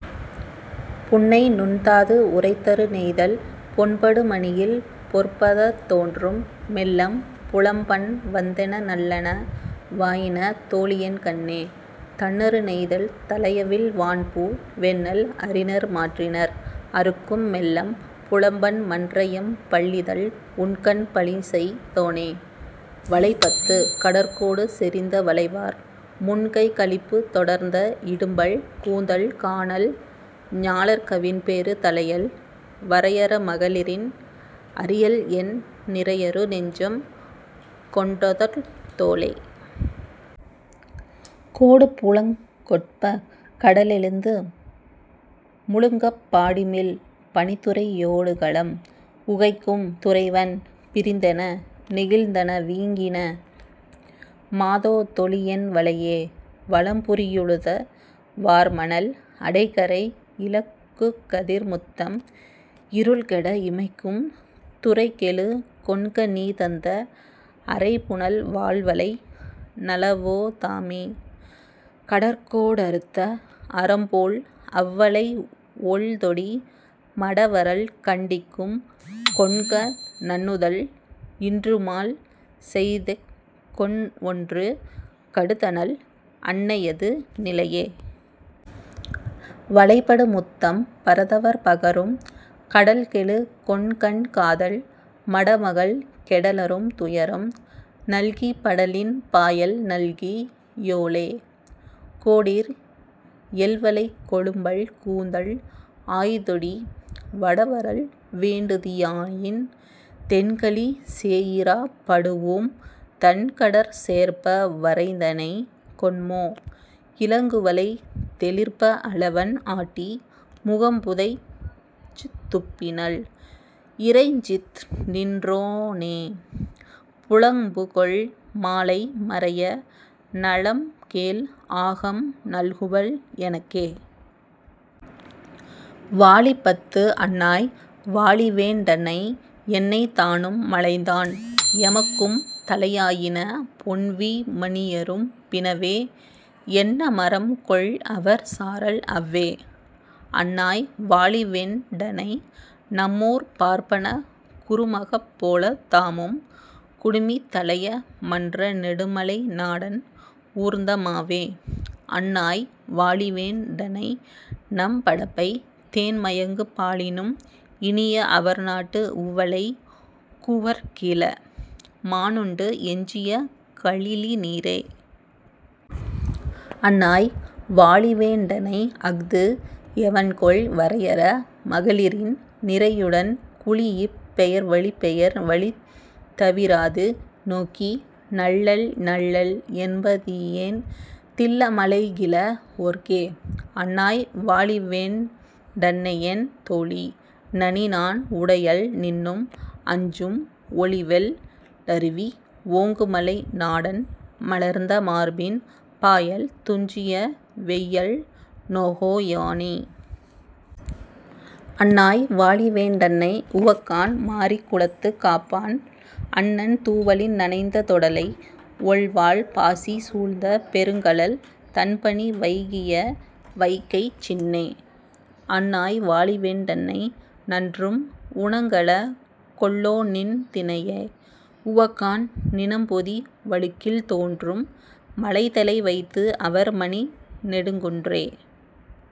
புன்னை நுன்தாது உறைத்தரு நெய்தல் பொன்படு மணியில் பொற்பத் தோன்றும் மெல்லம் புலம்பன் வந்தென நல்லன வாயின தோழியென் கண்ணே. தண்ணறு நெய்தல் தளையவிழ் வான்பூ வெண்ணெல் அரிநர் மாற்றினர் அறுக்கும் மெல்லம் புலம்பன் மன்றஎம் பல்லிதழ் உண்கண் பனிசெய் தோனே..வளைப் பத்து. கடற்கோடு செறிந்த வளைவார் முன்கைக் கழிப்புத் தொடர்ந்த இடும்பல் கூந்தல் கானல் ஞாழற் கவின்பெறு தழையள் வரையர மகளிரின் அரியள்என் நிறையரு நெஞ்சம் கொண்டொளித் தோளே. கோடுபுலங் கொட்பக் கடலெழுந்து முழுங்கப் பாடிமிழ் பனித்துறை யோடுகலம் உகைக்கும் துறைவன் பிரிந்தென நெகிழ்ந்தன வீங்கின மாதோ தொழிஎன் வளையே. வலம்புரியுழுத வார்மணல் அடைகரை இலங்குகதிர் முத்தம் இருள்கெட இமைக்கும் துரைகெழு கொண்கநீ தந்த அறைபுனல் வால்வளை நல்லவோ தாமே. கடற்கோ டறுத்த அரம்போழ் அவ்வளை ஒள்தொடி மடவரல் கண்டிக்கும் கொண்க நன்னுதல் இன்றுமால் செய்தெனக் கொன்ஒன்று கடுத்தனள் அன்னையது நிலையே. வளைபடு முத்தம் பரதவர் பகரும் கடல்கெழு கொண்கன் காதல் மடமகள் கெடலரும் துயரம் நல்கிப் படலின் பாயல் நல்கி யோளெ. கோடீர் எல்வளைக் கொழும்பல் கூந்தல் ஆய்தொடி மடவரல் வேண்டுதி யாயின் தென்கழி சேயிறாப் படூஉம் தன்கடற் சேர்ப்ப வரைந்தனை கொண்மோ. இலங்குவளை தெளிர்ப்ப அலவன் ஆட்டி முகம்புதை ச்துப்பினள் இறைஞ்ச்நின் றோனே புலம்புகொள் மாலை மறைய நலம்கேழ் ஆகம் நல்குவள் எனக்கே. வாழிப் பத்து அன்னாய் வாழிவேண் டன்னை என்னை தானும் மலைந்தான் எமக்கும் தழையாயின பொன்வீ மணியரும் பினவே என்ன மரம்கொல்அவர் சாரல் அவ்வே. அன்னாய் வாழிவேண் டன்னை நம்மூர்ப் பார்ப்பனக் குறுமகப் போலத் தாமும் குடுமித் தலைய மன்ற நெடுமலை நாடன் ஊர்ந்த மாவே. அன்னாய் வாழிவேன் டன்னைநம் படப்பை தேன்மயங்கு பாலினும் இனிய அவர்நாட்டு உவலை கூவற் கீழ மானுண்டு எஞ்சிய கலிழி நீரே. அன்னாய் வாழிவேண் டன்னைஅஃது எவன்கொல் வரையர மகளிரின் நிரையுடன் குழீஇப் பெயர்வழிப் பெயர் வழித் தவிராது நோக்கி நல்லள் நல்லள் என்ப தீயேன் தில்ல மலைகிழ வோர்க்கே. அன்னாய் வாழிவேண் டன்னையென் தோழி நனிநான் உடையள் நின்னும் அஞ்சும் ஒலிவெள் ளருவி ஓங்குமலை நாடன் மலர்ந்த மார்பின் பாயல் துஞ்சிய வெய்யள் நோகோ யானே. அன்னாய் வாழிவேண் டன்னை உவக்காண் மாரிக் குளத்துக் காப்பாள் அன்னன் தூவலின் நனைந்த தொடலை ஒள்வாள் பாசி சூழ்ந்த பெருங்கழல் தண்பனி வைகிய வைக்கச் சினனே. அன்னாய் வாழிவேண் டன்னை நன்றும் உணங்கல கொல்லோநின் தினையே உவக்காண் நிணம்பொதி வழுக்கில் தோன்றும் மழைத்தலை வைத்துஅவர் மணிநெடுங் குன்றே.